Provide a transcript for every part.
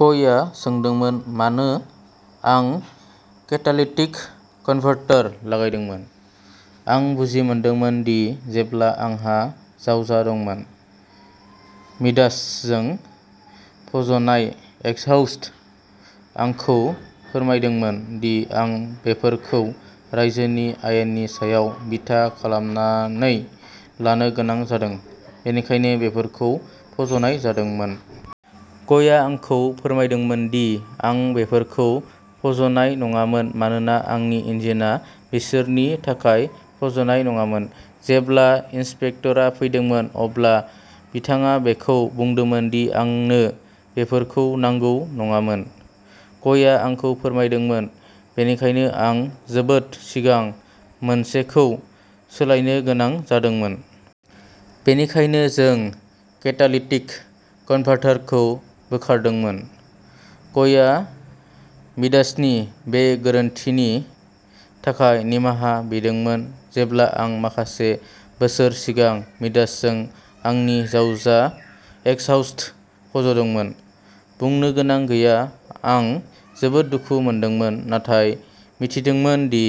कयआ सोंदोंमोन मानो आं केटालिटिक कनभार्टर लागायदोंमोन? आं बुजिमोदोंमोन दि जेब्ला आंहा जावजा दंमोन। मिडास जों फज'नाय एक्सहास्टआ आंखौ फोरमायदोंमोन दि आं बेफोरखौ रायजोनि आयेननि सायाव बिथा खालामनानै लानो गोनां जादों, बेनिखायनो बेफोरखौ फज'नाय जादोंमोन। कयआ आंखौ फोरमायदोंमोन दि आं बेफोरखौ फज'नाय नाङामोन मानोना आंनि इन्जिनआ बिसोरनि थाखाय फज'नाय नङामोन। जेब्ला इन्सपेक्टरआ फैदोंमोन, अब्ला बिथाङा बेखौबो बुंदोंमोन दि आंनो बेफोरखौ नांगौ नङामोन। कयआ आंखौ फोरमायदोंमोन, बेनिखायनो आं जोबोद सिगां मोनसेखौ सोलायनो गोनां जादोंमोन। बेनिखायनो, जों केटालिटिक कनभार्टरफोरखौ बोखारदोंमोन। कयआ मिडासनि बे गोरोन्थिनि थाखाय निमाहा बिदोंमोन जेब्ला आं माखासे बोसोर सिगां मिडासजों आंनि जावजा एक्सहास्टखौ फज'दोंमोन। बुंनो गोनां गैया, आं जोबोद दुखु मोनदोंमोन नाथाय मिथिदोंमोन दि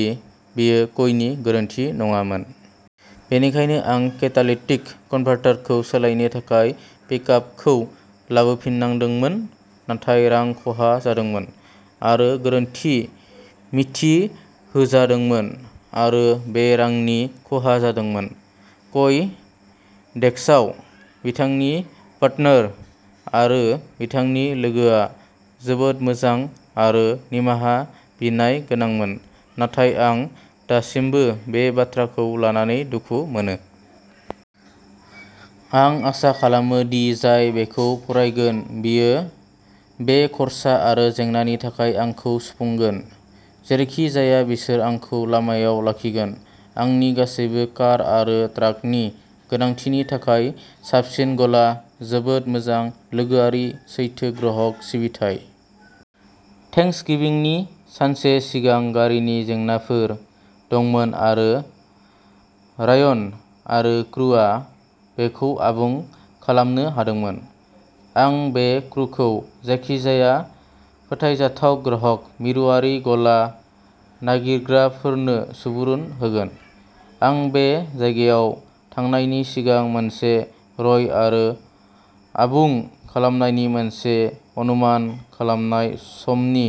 बेयो कयनि गोरोन्थि नङामोन। बेनिखायनो, आं केटालिटिक कनभार्टरफोरखौ सोलायनो थाखाय पिकआपखौ लाबोफिननांदोंमोन, नाथाय रां खहा जादोंमोन आरो गोरोन्थि मिथिहोजादोंमोन आरो बे रांनि खहा जादोंमोन। कय डेस्कआव बिथांनि पार्टनार आरो बिथांनि लोगोआ जोबोद मोजां आरो निमाहा बिनाय गोनांमोन, नाथाय आं दासिमबो बे बाथ्राखौ लानानै दुखु मोनो। आं आसा खालामो दि जाय बेखौ फरायगोन बियो बे खर्सा आरो जेंनानि थाखाय आंखौ सुफुंगोन। जेरैखि जाया बिसोर आंखौ लामायाव लाखिगोन। आंनि गासैबो कार आरो ट्राकनि गोनांथिनि थाखाय साबसिन गला। जोबोद मोजां, लोगोआरि, सैथो ग्राहक सिबिथाइ! थेंक्सगिविंनि सानसे सिगां गारिनि जेंनाफोर दंमोन आरो रायन आरो क्रुआ बेखौ आबुं खालामनो हादोंमोन। आं बे क्रुखौ जायखिजाया फोथायजाथाव ग्राहक मिरुआरि गला नागिरग्राफोरनो सुबुरुन होगोन! आं बे जायगायाव थांनायनि सिगां मोनसे राय आरो आबुं खालामनायनि मोनसे अनुमान खालामनाय समनि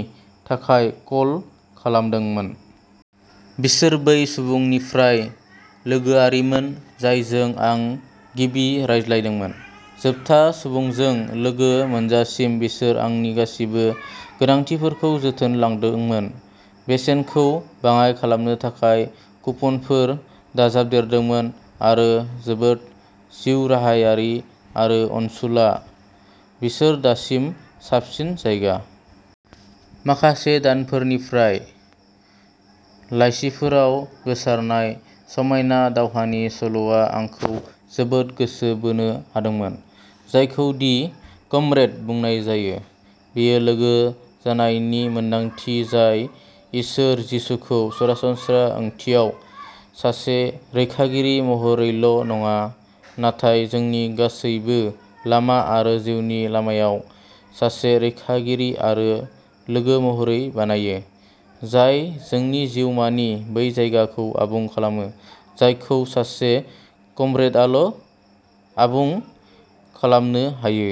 थाखाय कल खालामदोंमोन। बिसोर बै सुबुंनिफ्राय लोगोआरिमोन जायजों आं गिबि रायज्लायदोंमोन, जोबथा सुबुंजों लोगो मोनजासिम। बिसोरो आंनि गासिबो गोनांथिफोरखौ जोथोन लादोंमोन, बेसेनखौ बाङाइ खालामनो थाखाय कुपनफोर दाजाबदेरदोंमोन, आरो जोबोद जिउराहायारि आरो अनसुला। बिसोरो दासिम साबसिन जायगा। माखासे दानफोरनिफ्राय लाइसिफोराव गोसारनाय समायना दावहानि सल'आ आंखौ जोबोद गोसो बोनो हादोंमोन, जायखौ "दि कमरेड" बुंनाय जायो। बेयो लोगो जानायनि मोन्दांथि जाय इसोर जिसुखौ सरासनस्रा ओंथियाव सासे रैखागिरि महरैल'नङा, नाथाय जोंनि गासैबो लामा आरो जिउनि लामायाव सासे रैखागिरि आरो लोगो महरै बानायो, जाय जोंनि जिउमानि बै जायगाखौ आबुं खालामो जायखौ सासे कमरेडआल'आबुं खालामनो हायो।